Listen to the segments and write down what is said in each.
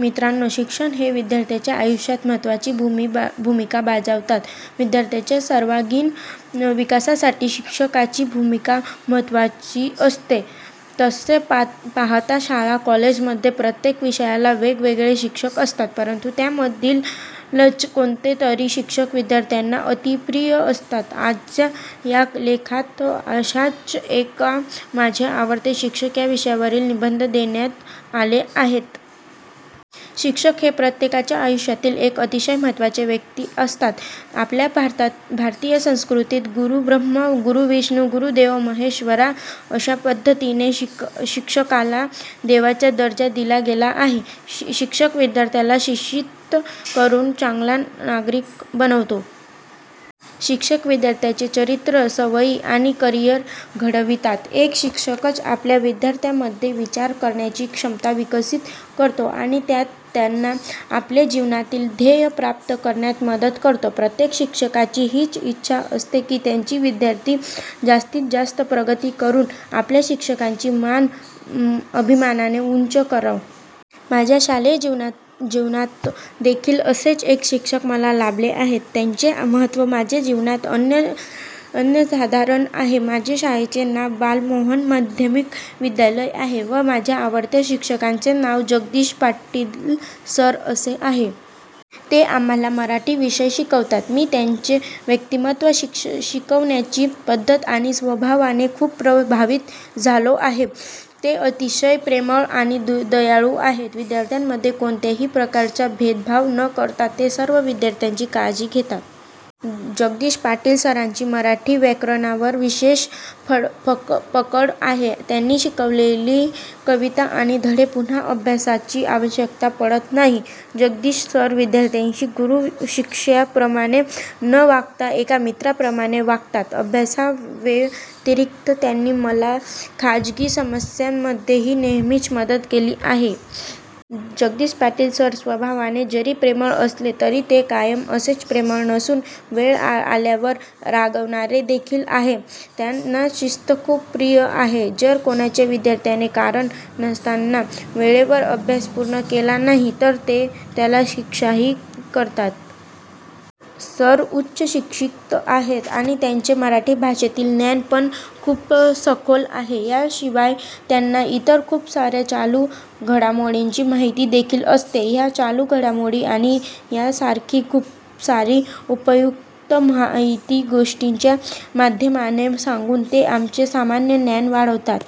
मित्रानो शिक्षक हे विद्यार्थ्यांच्या आयुष्यात महत्वाची भूमिका बजावतात. विद्यार्थ्यांच्या सर्वांगीण विकासासाठी शिक्षकाची भूमिका महत्वाची असते. तसे पाहता शाळा कॉलेजमध्ये प्रत्येक विषयाला वेगवेगळे शिक्षक असतात. परंतु त्यामधीलच कोणतेतरी शिक्षक विद्यार्थ्याना अतिप्रिय असतात. आजच्या या लेखात आशाच एका माझे आवडते शिक्षक या विषयावरील निबंध देण्यात आले आहेत. शिक्षक हे प्रत्येकाच्या आयुष्यातील एक अतिशय महत्त्वाचे व्यक्ती असतात. आपल्या भारतीय संस्कृतीत "गुरु ब्रह्मा गुरु विष्णु गुरु देवो महेश्वरा" अशा पद्धतीने शिक्षकाला देवाचा दर्जा दिला गेला आहे. शिक्षक विद्यार्थ्याला शिक्षित करून चांगला नागरिक बनवतात. शिक्षक विद्यार्थ्याचे चरित्र, सवयी आणि करिअर घडवितात. एक शिक्षकच आपल्या विद्यार्थ्यामध्ये विचार करण्याची क्षमता विकसित करतो. आणि त्यांना आपल्या जीवनातील ध्येय प्राप्त करण्यात मदत करतो. प्रत्येक शिक्षकाची हीच इच्छा असते की त्यांचे विद्यार्थी जास्तीत जास्त प्रगती करून आपल्या शिक्षकांची मान अभिमानाने उंच करो. माझ्या शालेय जीवनात देखील असेच एक शिक्षक मला लाभले आहेत, ज्यांचे महत्त्व माझ्या जीवनात अनन्यसाधारण आहे. माझे शाळेचे नाव बालमोहन माध्यमिक विद्यालय आहे व माझ्या आवडत्या शिक्षकांचे नाव जगदीश पाटील सर असे आहे. ते आम्हाला मराठी विषय शिकवतात. मी त्यांचे व्यक्तिमत्व, शिकवण्याची पद्धत आणि स्वभावाने खूप प्रभावित झालो आहे. ते अतिशय प्रेमळ आणि दयाळू आहेत. विद्यार्थ्यांमध्ये कोणत्याही प्रकारचा भेदभाव न करता ते सर्व विद्यार्थ्याची काळजी घेतात. जगदीश पाटील सरांची मराठी व्याकरणावर विशेष पकड आहे. त्यांनी शिकवलेली कविता आणि धडे पुन्हा अभ्यासायची आवश्यकता पडत नाही. जगदीश सर विद्यार्थ्यांशी गुरु शिष्याप्रमाणे न वागता एका मित्राप्रमाणे वागतात. अभ्यासाव्यतीरिक्त त्यांनी मला खाजगी समस्यामध्येही नेहमीच मदत केली आहे. जगदीश पाटील सर स्वभावाने जरी प्रेमळ असले. तरी ते कायम असेच प्रेमळ नसून वेळ आल्यावर रागावणारे देखील आहे. त्यांना शिस्त खूप प्रिय आहे. जर कोण्या विद्यार्थ्याने कारण नसतांना वेळेवर अभ्यास पूर्ण केला नाही तर ते त्याला शिक्षाही करतात. सर उच्च शिक्षित आहेत आणि त्यांचे मराठी भाषेतील ज्ञान पण खूप सखोल आहे. या शिवाय त्यांना इतर खूप साऱ्या चालू घडामोडीची माहिती देखील असते. ह्या चालू घडामोडी आणि यासारखी खूपसारी उपयुक्त माहिती गोष्टींच्या माध्यमाने सांगून ते आमचे सामान्य ज्ञान वाढवतात.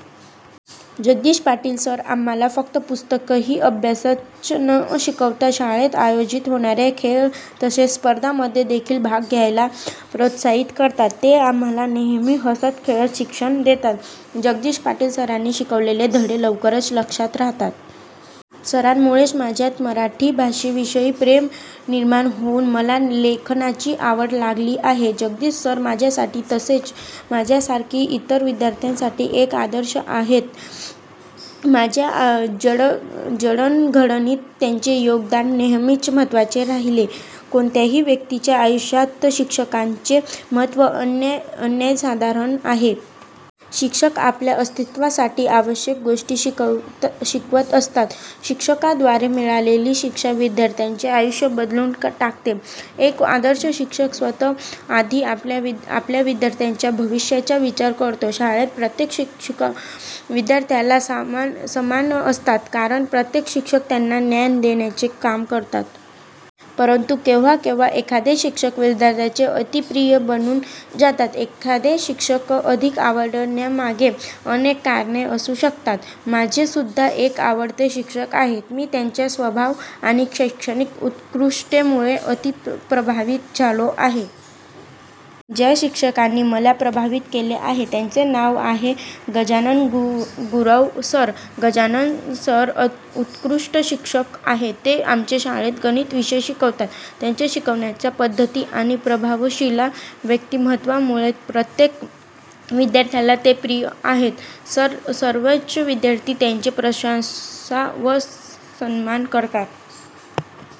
जगदीश पाटील सर आम्हाला फक्त पुस्तकी अभ्यासच न शिकवता शाळेत आयोजित होणाऱ्या खेळ तसेच स्पर्धा मध्ये देखील भाग घ्यायला प्रोत्साहित करतात. ते आम्हाला नेहमी हसत खेळत शिक्षण देतात. जगदीश पाटील सरांनी शिकवलेले धडे लवकर लक्षात रहातात. सरांमुळेच माझ्यात मराठी भाषेविषयी प्रेम निर्माण होऊन मला लेखनाची आवड लागली आहे. जगदीश सर माझ्यासाठी तसेच माझ्यासारखी इतर विद्यार्थ्यांसाठी एक आदर्श आहेत. माझ्या जडणघडणीत त्यांचे योगदान नेहमीच महत्वाचे राहील. कोणत्याही व्यक्तीच्या आयुष्यात शिक्षकांचे महत्व अनन्यसाधारण आहे. शिक्षक आपल्या अस्तित्वासाठी आवश्यक गोष्टी शिकवत असतात. शिक्षकाद्वारे मिळालेली शिक्षा विद्यार्थ्याचे आयुष्य बदलून टाकते. एक आदर्श शिक्षक स्वतः आधी आपल्या विद्यार्थ्याचा भविष्याचा विचार करतो. शाळेत प्रत्येक शिक्षक विद्यार्थ्याला समान असतात कारण प्रत्येक शिक्षक त्यांना ज्ञान देण्याचे काम करतात. परंतु केव्हा केव्हा एखादे शिक्षक विद्यार्थ्याचे अती प्रिय बनून जातात. एखादे शिक्षक अधिक आवडण्यामागे अनेक कारणे असू शकतात. माझे सुद्धा एक आवडते शिक्षक आहेत, मी त्यांचा स्वभाव आणि शैक्षणिक उत्कृष्टेमुळे अती प्रभावित झालो आहे. ज्या शिक्षकांनी मला प्रभावित केले आहे त्यांचे नाव आहे गजानन गुरव सर. गजानन सर उत्कृष्ट शिक्षक आहेत. ते आमच्या शाळेत गणित विषय शिकवतात. त्यांच्या शिकवण्याच्या पद्धती आणि प्रभावशाली व्यक्तिमत्वामुळे प्रत्येक विद्यार्थ्याला ते प्रिय आहेत. सर्वच विद्यार्थी त्यांची प्रशंसा व सन्मान करतात.